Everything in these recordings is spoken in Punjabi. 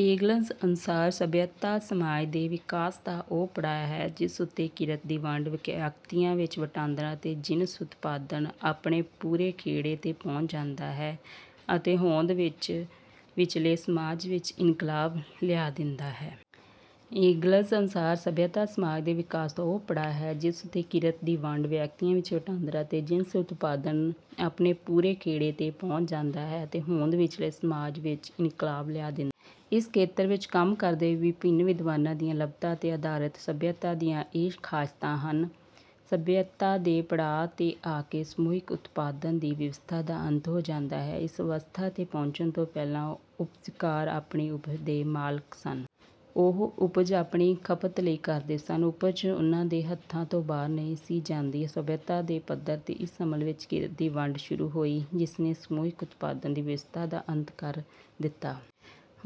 ਏਂਗਲਜ਼ ਅਨੁਸਾਰ: "ਸੱਭਿਅਤਾ ਸਮਾਜ ਦੇ ਵਿਕਾਸ ਦਾ ਉਹ ਪੜਾਅ ਹੈ, ਜਿਸ ਉੱਤੇ ਕਿਰਤ ਦੀ ਵੰਡ, ਵਿਅਕਤੀਆਂ ਵਿੱਚ ਵਟਾਂਦਰਾ ਅਤੇ ਜਿਣਸ ਉਤਪਾਦਨ ਆਪਣੇ ਪੂਰੇ ਖੇੜੇ ਤੇ ਪਹੁੰਚ ਜਾਂਦਾ ਹੈ ਅਤੇ ਹੋਂਦ ਵਿੱਚਲੇ ਸਮਾਜ ਵਿੱਚ ਇਨਕਲਾਬ ਲਿਆ ਦਿੰਦਾ ਹੈ।" ਏਂਗਲਜ਼ ਅਨੁਸਾਰ ਸੱਭਿਅਤਾ ਸਮਾਜ ਦੇ ਵਿਕਾਸ ਦਾ ਉਹ ਪੜਾਅ ਹੈ, ਜਿਸ ਉੱਤੇ ਕਿਰਤ ਦੀ ਵੰਡ, ਵਿਅਕਤੀਆਂ ਵਿੱਚ ਵਟਾਂਦਰਾ ਅਤੇ ਜਿਣਸ ਉਤਪਾਦਨ ਆਪਣੇ ਪੂਰੇ ਖੇੜੇ ਤੇ ਪਹੁੰਚ ਜਾਂਦਾ ਹੈ ਅਤੇ ਹੋਂਦ ਵਿੱਚਲੇ ਸਮਾਜ ਵਿੱਚ ਇਨਕਲਾਬ ਲਿਆ ਦਿੰਦਾ ਹੈ। ਇਸ ਖੇਤਰ ਵਿੱਚ ਕੰਮ ਕਰਦੇ ਵਿਭਿੰਨ ਵਿਦਵਾਨਾਂ ਦੀਆਂ ਲੱਭਤਾਂ ਤੇ ਆਧਾਰਿਤ ਸੱਭਿਅਤਾ ਦੀਆਂ ਇਹ ਖਾਸਤਾਂ ਹਨ। ਸੱਭਿਅਤਾ ਦੇ ਪੜਾਅ ਤੇ ਆ ਕੇ ਸਮੂਹਕ ਉਤਪਾਦਨ ਦੀ ਵਿਵਸਥਾ ਦਾ ਅੰਤ ਹੋ ਜਾਂਦਾ ਹੈ। ਇਸ ਅਵਸਥਾ ਤੇ ਪਹੁੰਚਣ ਤੋਂ ਪਹਿਲਾਂ ਉਪਜਕਾਰ ਆਪਣੀ ਉਪਜ ਦੇ ਮਾਲਕ ਸਨ। ਉਹ ਉਪਜ ਆਪਣੀ ਖਪਤ ਲਈ ਕਰਦੇ ਸਨ। ਉਪਜ ਉਨ੍ਹਾਂ ਦੇ ਹੱਥਾਂ ਤੋਂ ਬਾਹਰ ਨਹੀਂ ਸੀ ਜਾਂਦੀ। ਸੱਭਿਅਤਾ ਦੇ ਪੱਧਰ ਤੇ ਇਸ ਅਮਲ ਵਿੱਚ ਕਿਰਤ ਦੀ ਵੰਡ ਸ਼ੁਰੂ ਹੋਈ, ਜਿਸਨੇ ਸਮੂਹਕ ਉਤਪਾਦਨ ਦੀ ਵਿਵਸਥਾ ਦਾ ਅੰਤ ਕਰ ਦਿੱਤਾ।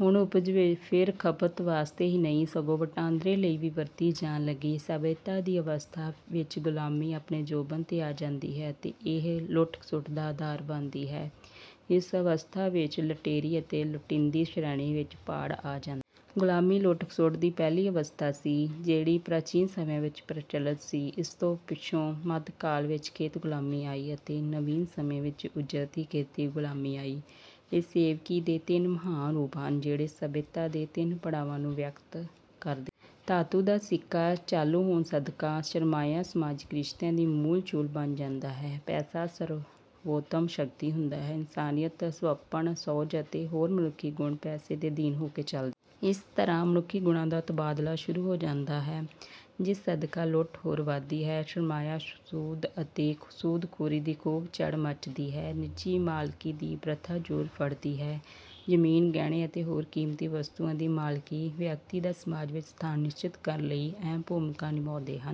ਹੁਣ ਉਪਜ ਫਿਰ ਖਪਤ ਵਾਸਤੇ ਹੀ ਨਹੀਂ, ਸਗੋਂ ਵਟਾਂਦਰੇ ਲਈ ਵੀ ਵਰਤੀ ਜਾਣ ਲੱਗੀ। ਸੱਭਿਅਤਾ ਦੀ ਅਵਸਥਾ ਵਿੱਚ ਗੁਲਾਮੀ ਆਪਣੇ ਜੋਬਨ ਤੇ ਆ ਜਾਂਦੀ ਹੈ ਅਤੇ ਇਹ ਲੁੱਟ-ਖਸੁੱਟ ਦਾ ਅਧਾਰ ਬਣਦੀ ਹੈ। ਇਸ ਅਵਸਥਾ ਵਿੱਚ ਲੁਟੇਰੀ ਅਤੇ ਲੁਟੀਂਦੀ ਸ਼੍ਰੇਣੀ ਵਿੱਚ ਪਾੜ ਆ ਜਾਂਦਾ ਹੈ। ਗੁਲਾਮੀ ਲੁੱਟ-ਖਸੁੱਟ ਦੀ ਪਹਿਲੀ ਅਵਸਥਾ ਸੀ, ਜਿਹੜੀ ਪ੍ਰਾਚੀਨ ਸਮਿਆਂ ਵਿੱਚ ਪ੍ਰਚਲਿਤ ਸੀ। ਇਸ ਤੋਂ ਪਿੱਛੋਂ ਮੱਧਕਾਲ ਵਿੱਚ ਖੇਤ-ਗੁਲਾਮੀ ਆਈ ਅਤੇ ਨਵੀਨ ਸਮੇਂ ਵਿੱਚ ਉਜਰਤੀ ਕਿਰਤੀ ਗੁਲਾਮੀ ਆਈ। ਇਹ ਸੇਵਕੀ ਦੇ ਤਿੰਨ ਮਹਾਨ ਰੂਪ ਹਨ, ਜਿਹੜੇ ਸੱਭਿਅਤਾ ਦੇ ਤਿੰਨ ਪੜਾਵਾਂ ਨੂੰ ਵਿਅਕਤ ਕਰਦੇ ਹਨ। ਧਾਤੂ ਦਾ ਸਿੱਕਾ ਚਾਲੂ ਹੋਣ ਸਦਕਾ ਸਰਮਾਇਆ ਸਮਾਜਕ ਰਿਸ਼ਤਿਆਂ ਦੀ ਮੂਲ ਚੂਲ ਬਣ ਜਾਂਦਾ ਹੈ। ਪੈਸਾ ਸਰਵੋਤਮ ਸ਼ਕਤੀ ਹੁੰਦਾ ਹੈ। ਇਨਸਾਨੀਅਤ, ਸੁਹੱਪਣ, ਸੁਹਜ ਅਤੇ ਹੋਰ ਮਨੁੱਖੀ ਗੁਣ ਪੈਸੇ ਦੇ ਅਧੀਨ ਹੋ ਕੇ ਚਲਦੇ ਹਨ। ਇਸ ਤਰ੍ਹਾਂ ਮਨੁੱਖੀ ਗੁਣਾਂ ਦਾ ਤਬਾਦਲਾ ਸ਼ੁਰੂ ਹੋ ਜਾਂਦਾ ਹੈ, ਜਿਸ ਸਦਕਾ ਲੁੱਟ ਹੋਰ ਵਧਦੀ ਹੈ। ਸਰਮਾਇਆ, ਸੂਦ ਅਤੇ ਸੂਦ-ਖੋਰੀ ਦੀ ਖੂਬ ਚੜ੍ਹ ਮੱਚਦੀ ਹੈ। ਨਿੱਜੀ ਮਾਲਕੀ ਦੀ ਪ੍ਰਥਾ ਜ਼ੋਰ ਫੜਦੀ ਹੈ। ਜ਼ਮੀਨ, ਗਹਿਣੇ ਅਤੇ ਹੋਰ ਕੀਮਤੀ ਵਸਤੂਆਂ ਦੀ ਮਾਲਕੀ ਵਿਅਕਤੀ ਦਾ ਸਮਾਜ ਵਿੱਚ ਸਥਾਨ ਨਿਸ਼ਚਿਤ ਕਰਨ ਲਈ ਅਹਿਮ ਭੂਮਿਕਾ ਨਿਭਾਉਂਦੇ ਹਨ।